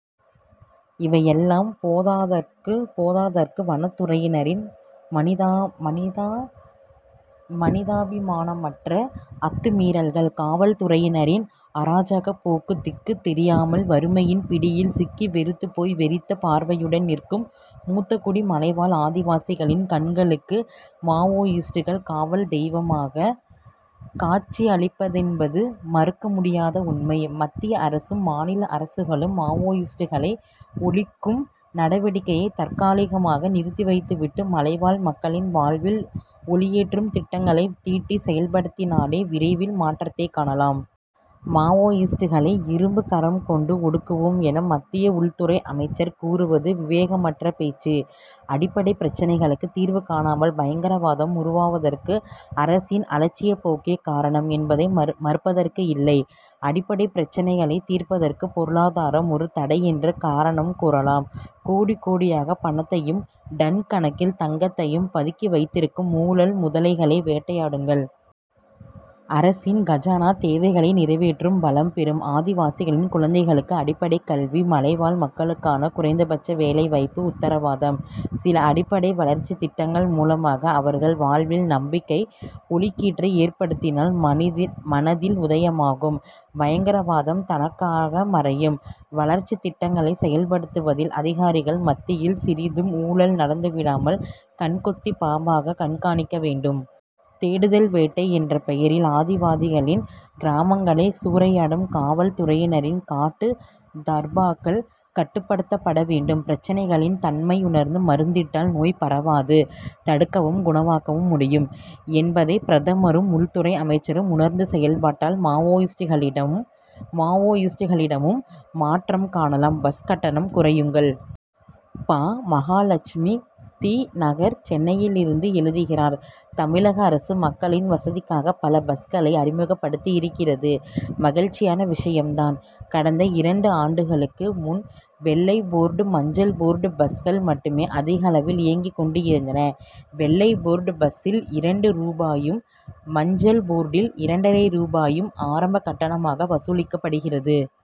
இவையெல்லாம் போதாதற்கு போதாதற்கு வனத்துறையினரின் மனிதா மனிதா மனிதாபிமானமற்ற அத்துமீறல்கள். காவல்துறையினரின் அராஜகப் போக்கு திக்குத் தெரியாமல் வறுமையின் பிடியில் சிக்கி வெறுத்துப்போய் வெறித்த பார்வையுடன் நிற்கும் மூத்தகுடி மலைவாழ் ஆதிவாசிகளின் கண்களுக்கு மாவோயிஸ்ட்கள் காவல் தெய்வமாகக் காட்சியளிப்பதென்பது மறுக்க முடியாத உண்மை. மத்திய அரசும் மாநில அரசுகளும் மாவோயிஸ்டுகளை ஒழிக்கும் நடவடிக்கையைத் தற்காலிகமாக நிறுத்திவைத்துவிட்டு மலைவாழ் மக்களின் வாழ்வில் ஒளியேற்றும் திட்டங்களைத் தீட்டி செயல்படுத்தினாலே விரைவில் மாற்றத்தைக் காணலாம். மாவோயிஸ்டுகளை இரும்புக் கரம் கொண்டு ஒடுக்குவோம் என மத்திய உள்துறை அமைச்சர் கூறுவது விவேகமற்ற பேச்சு. அடிப்படை பிரச்னைகளுக்குத் தீர்வு காணாமல் பயங்கரவாதம் உருவாவதற்கு அரசின் அலட்சியப் போக்கே காரணம் என்பதை மறுப் மறுப்பதற்கில்லை. அடிப்படைப் பிரச்னைகளைத் தீர்ப்பதற்கு பொருளாதாரம் ஒரு தடையென்று காரணம் கூறலாம். கோடி கோடியாகப் பணத்தையும் டன் கணக்கில் தங்கத்தையும் பதுக்கி வைத்திருக்கும் ஊழல் முதலைகளை வேட்டையாடுங்கள். அரசின் கஜானா தேவைகளை நிறைவேற்றும் பலம் பெறும். ஆதிவாசிகளின் குழந்தைகளுக்கு அடிப்படைக் கல்வி மலைவாழ் மக்களுக்கான குறைந்தபட்ச வேலை வாய்ப்பு உத்தரவாதம். சில அடிப்படை வளர்ச்சித் திட்டங்கள் மூலமாக அவர்கள் வாழ்வில் நம்பிக்கை ஒளிக்கீற்றை ஏற்படுத்தினால் மனிதில் மனதில் உதயமாகும் பயங்கரவாதம் தானக்காக மறையும். வளர்ச்சித் திட்டங்களை செயல்படுத்துவதில் அதிகாரிகள் மத்தியில் சிறிதும் ஊழல் நடந்துவிடாமல் கண் கொத்திப் பாம்பாகக் கண்காணிக்க வேண்டும். தேடுதல் வேட்டை என்ற பெயரில் ஆதிவாதிகளின் கிராமங்களை சூறையாடும் காவல் துறையினரின் காட்டு தர்பார்கள் கட்டுப்படுத்தப்பட வேண்டும். பிரச்னைகளின் தன்மையுணர்ந்து மருந்திட்டால் நோய் பரவாது தடுக்கவும் குணமாக்கவும் முடியும் என்பதைப் பிரதமரும் உள்துறை அமைச்சரும் உணர்ந்து செயல்பட்டால் மாவோயிஸ்டுகளிடம் மாவோயிஸ்டுகளிடமும் மாற்றம் காணலாம். பஸ் கட்டணம் குறையுங்கள்! பா. மகாலட்சுமி தி. நகர் சென்னையிலிருந்து எழுதுகிறார் தமிழக அரசு மக்களின் வசதிக்காக பல பஸ்களை அறிமுகப்படுத்தியிருக்கிறது மகிழ்ச்சியான விஷயம் தான். கடந்த இரண்டு ஆண்டுகளுக்கு முன் வெள்ளை போர்டு மஞ்சள் போர்டு பஸ்கள் மட்டுமே அதிக அளவில் இயங்கிக் கொண்டிருந்தன. வெள்ளை போர்டு பஸ்சில் இரண்டு ரூபாயும் மஞ்சள் போர்டில் இரண்டரை ரூபாயும் ஆரம்பக் கட்டணமாக வசூலிக்கப்படுகிறது.